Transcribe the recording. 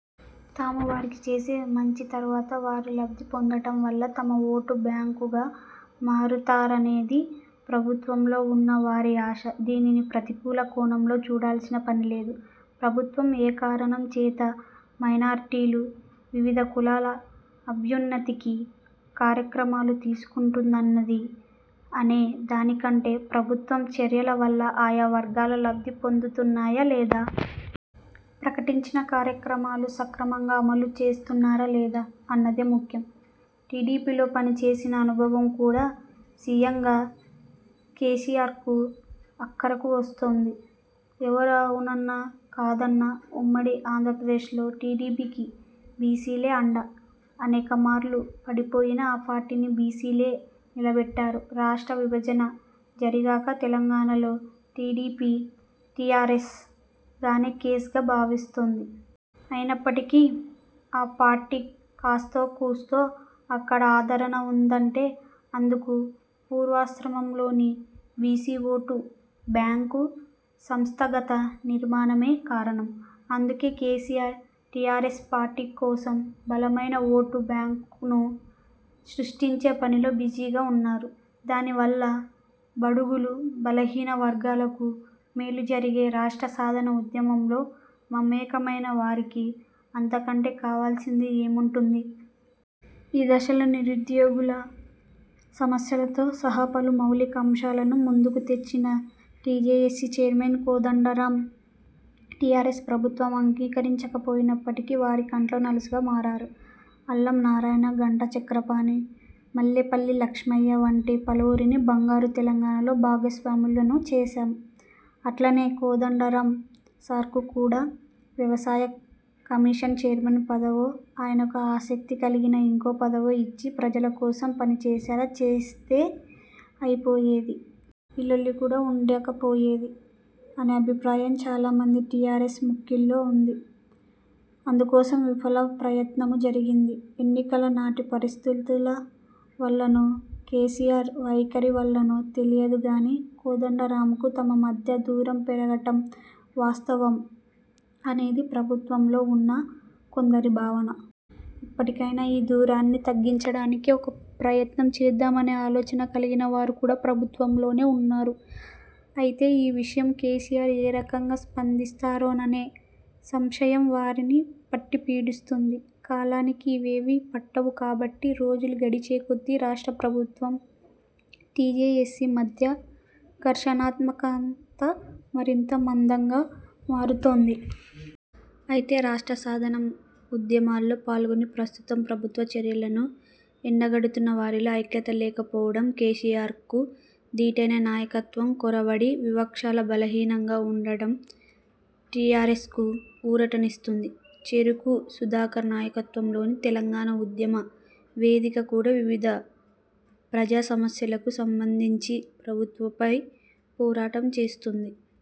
తాము వారికి చేసే మంచి ద్వారా వారు లబ్ధి పొందటం వల్ల తమ ఓటు బ్యాంకుగా మారుతారనేది ప్రభుత్వంలో ఉన్న వారి ఆశ. దీనిని ప్రతికూల కోణంలో చూడాల్సిన పని లేదు. ప్రభుత్వం ఏ కారణం చేత మైనార్టీలు, వివిధ కులాల అభ్యన్నతికి కార్యక్రమాలు తీసుకుంటునన్నది అనే దానికంటే, ప్రభుత్వ చర్యల వల్ల ఆయా వర్గాలు లబ్ధి పొందుతున్నాయా లేదా? ప్రకటించిన కార్యక్రమాలు సక్రమంగా అమలు చేస్తున్నారా లేదా? అన్నదే ముఖ్యం. టీడీపీలో పనిచేసిన అనుభవం కూడా సీఎంగా కేసీఆర్కు అక్కరకు వస్తోంది. ఎవరు అవునన్నా కాదన్నా, ఉమ్మడి ఆంధ్రప్రదేశ్లో టీడీపీకి బీసీలే అండ. అనేకమార్లు పడిపోయిన ఆ పార్టీని బీసీలే నిలబెట్టారు. రాష్ట్ర విభజన జరిగాక తెలంగాణలో టీడీపీ టీఆర్ఎస్ 'గాన్ కేస్'గా భావిస్తోంది. అయినప్పటికీ, ఆ పార్టీ కాస్తో కూస్తో అక్కడ ఆదరణ ఉందంటే, అందుకు పూర్వాశ్రమంలోని బీసీ ఓటు బ్యాంకు, సంస్థాగత నిర్మాణమే కారణం. అందుకే కేసీఆర్, టీఆర్ఎస్ పార్టీ కోసం బలమైన ఓటు బ్యాంకును సృష్టించే పనిలో బిజీగా ఉన్నారు. దాని వల్ల బడుగులు, బలహీన వర్గాలకు మేలు జరిగే రాష్ట్ర సాధన ఉద్యమంలో మమేకమైన వారికి అంతకంటే కావాల్సింది ఏముంటుంది? ఈ దశలో నిరుద్యోగుల సమస్యలతో సహా పలు మౌలిక అంశాలను ముందుకు తెచ్చిన టీజేఏసీ చైర్మన్ కోదండరాం టీఆర్ఎస్ ప్రభుత్వం అంగీకరించకపోయినప్పటికీ, వారి కంట్లో నలుసుగా మారారు. 'అల్లం నారాయణ, ఘంటా చక్రపాణి, మల్లేపల్లి లక్ష్మయ్య వంటి పలువురిని బంగారు తెలంగాణలో భాగస్వాములను చేశాం. అట్లనే కోదండరాం సార్కు కూడా వ్యవసాయ కమిషన్ చైర్మన్ పదవో ఆయనకు ఆసక్తి కలిగిన ఇంకో పదవో ఇచ్చి ప్రజల కోసం పనిచేసేలా చేస్తే అయిపోయేది. ఈ లొల్లి కూడా ఉండకపోయేది' అనే అభిప్రాయం చాలా మంది టీఆర్ఎస్ ముఖ్యుల్లో ఉంది. అందుకోసం విఫలయత్నమూ జరిగింది. ఎన్నికల నాటి పరిస్థితుల వల్లనో, కేసీఆర్ వైఖరి వల్లనో తెలియదు గానీ, కోదండరాంకూ తమ మధ్య దూరం పెరగటం వాస్తవం అనేది ప్రభుత్వంలో ఉన్న కొందరి భావన. ఇప్పటికైనా ఈ దూరాన్ని తగ్గించటానికి ఒక ప్రయత్నం చేద్దామనే ఆలోచన కలిగిన వారు కూడా ప్రభుత్వంలోనే ఉన్నారు. అయితే ఈ విషయంలో కేసీఆర్ ఏ రకంగా స్పందిస్తారోననే సంశయం వారిని పట్టిపీడిస్తోంది. కాలానికి ఇవేవీ పట్టవు కాబట్టి, రోజులు గడిచే కొద్దీ రాష్ట్ర ప్రభుత్వం, టీజేఏసీ మధ్య ఘర్షణాత్మకత మరింత మందంగా మారుతోంది. అయితే రాష్ట్ర సాధనం ఉద్యమాల్లో పాల్గొని, ప్రస్తుతం ప్రభుత్వ చర్యలను ఎండగడుతున్న వారిలో ఐక్యత లేకపోవటం, కేసీఆర్కు ధీటైన నాయకత్వం కొరవడి విపక్షాలు బలహీనంగా ఉండటం టీఆర్ఎస్కు ఊరటనిస్తోంది. చెరుకు సుధాకర్ నాయకత్వంలోని తెలంగాణ ఉద్యమ వేదిక కూడా వివిధ ప్రజా సమస్యలకు సంబంధించి ప్రభుత్వంపై పోరాటం చేస్తోంది.